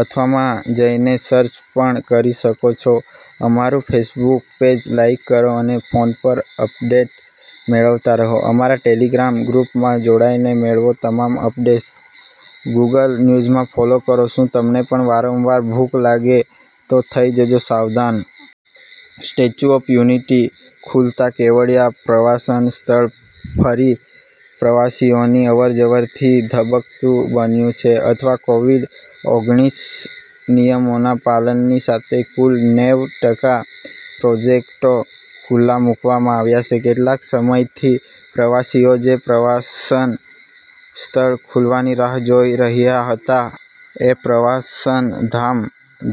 અથવા માં જઈને સર્ચ પણ કરી શકો છો. અમારું ફેસબુક પેજ લાઈક કરો અને ફોન પર અપડેટ્સ મેળવતા રહો. અમારા ટેલીગ્રામ ગ્રુપ માં જોડાઈને મેળવો તમામ અપડેટ, ગુગલ ન્યુઝમાં ફોલો કરો, શું તમને પણ વારંવાર ભૂખ લાગે છે તો થઈ જજો સાવધાન! 'સ્ટેચ્યુ ઓફ યુનિટી' ખુલતા કેવડિયા પ્રવાસન સ્થળ ફરી પ્રવાસીઓની અવરજવરથી ધબકતું બન્યું છે તથા કોવિડ ઓગણીસ નિયમોના પાલનની સાથે કુલ નેવ ટકા પ્રોજેક્ટો ખુલ્લા મુકવામાં આવ્યાં છે. કેટલાંક સમયથી પ્રવાસીઓ જે પ્રવાસન સ્થળ ખુલવાની રાહ જોઈ રહ્યાં હતાં એ પ્રવાસન ધામ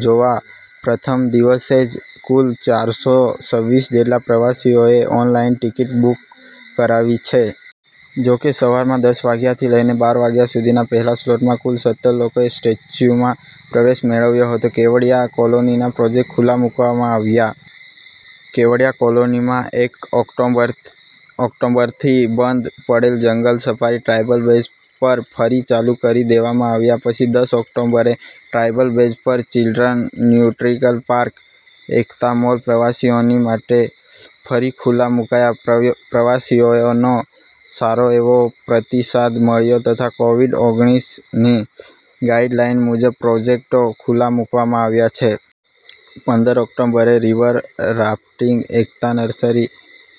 જોવા પ્રથમ દિવસે જ કુલ ચારસો છવીસ જેટલા પ્રવાસીઓએ ઓનલાઇન ટિકિટ બુક કરાવી છે. જો કે, સવારમાં દસ વાગ્યાંથી લઈને બાર વાગ્યાં સુધીના પહેલાં સ્લોટમાં કુલ સત્તર લોકોએ સ્ટેચ્યુમાં પ્રવેશ મેળવ્યો હતો. કેવડિયા કોલોનીનાં પ્રોજેક્ટ ખુલ્લા મુકવામાં આવ્યાં: કેવડિયા કોલોનીમાં એક ઓક્ટોબરથી બંધ પડેલ જંગલ સફારી ટ્રાયલ બેઝ પર ફરી ચાલુ કરી દેવામાં આવ્યા પછી દસ ઓક્ટોબરે ટ્રાયલ બેઝ પર children nutrition park, Ekta mall પ્રવાસીઓની માટે ફરી ખુલ્લાં મુકાયા પ્રવાસીઓનો સારો એવો પ્રતિસાદ મળ્યો તથા કોવિડ ઓગણીસ ની ગાઇડલાઇન મુજબ પ્રોજેક્ટો ખુલ્લા મુકવામાં આવ્યાં છે. પંદર ઓક્ટોબરે રિવર રાફટિંગ, એકતા nursery,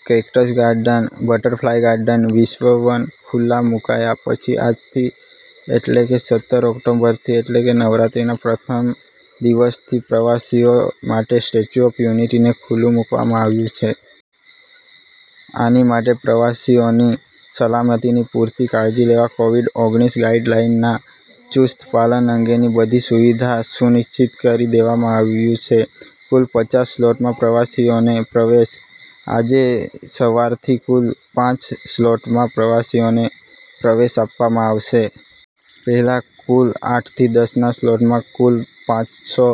cactus garden, butterfly garden, વિશ્વ વન ખુલ્લા મુકાયા પછી આજથી એટલે કે, સત્તર ઓક્ટોબરથી એટલે કે નવરાત્રીના પ્રથમ દિવસથી પ્રવાસીઓ માટે 'સ્ટેચ્યુ ઓફ યુનિટી'ને ખુલ્લું મૂકવામાં આવ્યું છે. આની માટે પ્રવાસીઓની સલામતિની પૂરતી કાળજી લેવા કોવિડ ઓગણીસ ગાઈડલાઈનના ચુસ્ત પાલન અંગેની બધી સુવિધા સુનિશ્ચિત કરી દેવામાં આવ્યુ છે. કુલ પાંચ સ્લોટમાં પ્રવાસીઓને પ્રવેશ: આજે સવારથી કુલ પાંચ સ્લોટમાં પ્રવાસીઓને પ્રવેશ આપવામાં આવશે. પહેલા કુલ આઠ થી દસ ના સ્લોટમાં કુલ પાંસો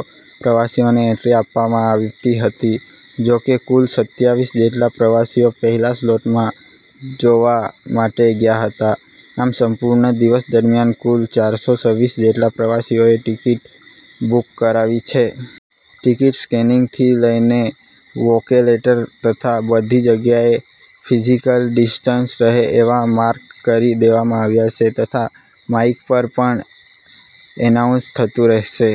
પ્રવાસીઓને એન્ટ્રી આપવામાં આવતી હતી. જો કે, કુલ સત્યાવીસ જેટલા પ્રવાસીઓ પહેલાં સ્લોટમાં જોવા માટે ગયા હતા. આમ, સંપૂર્ણ દિવસ દરમિયાન કુલ ચારસો છવીસ જેટલા પ્રવાસીઓએ ટિકિટ બુકિંગ કરાવી છે. ટિકિટ સ્કેનિંગથી લઈને વોકે લેટર તથા બધી જગ્યાએ ફિઝિકલ ડિસ્ટન્સ રહે એવા માર્ક કરી દેવામાં આવ્યા છે તથા માઈક પર પણ એનાઉન્સ થતું રહેશે.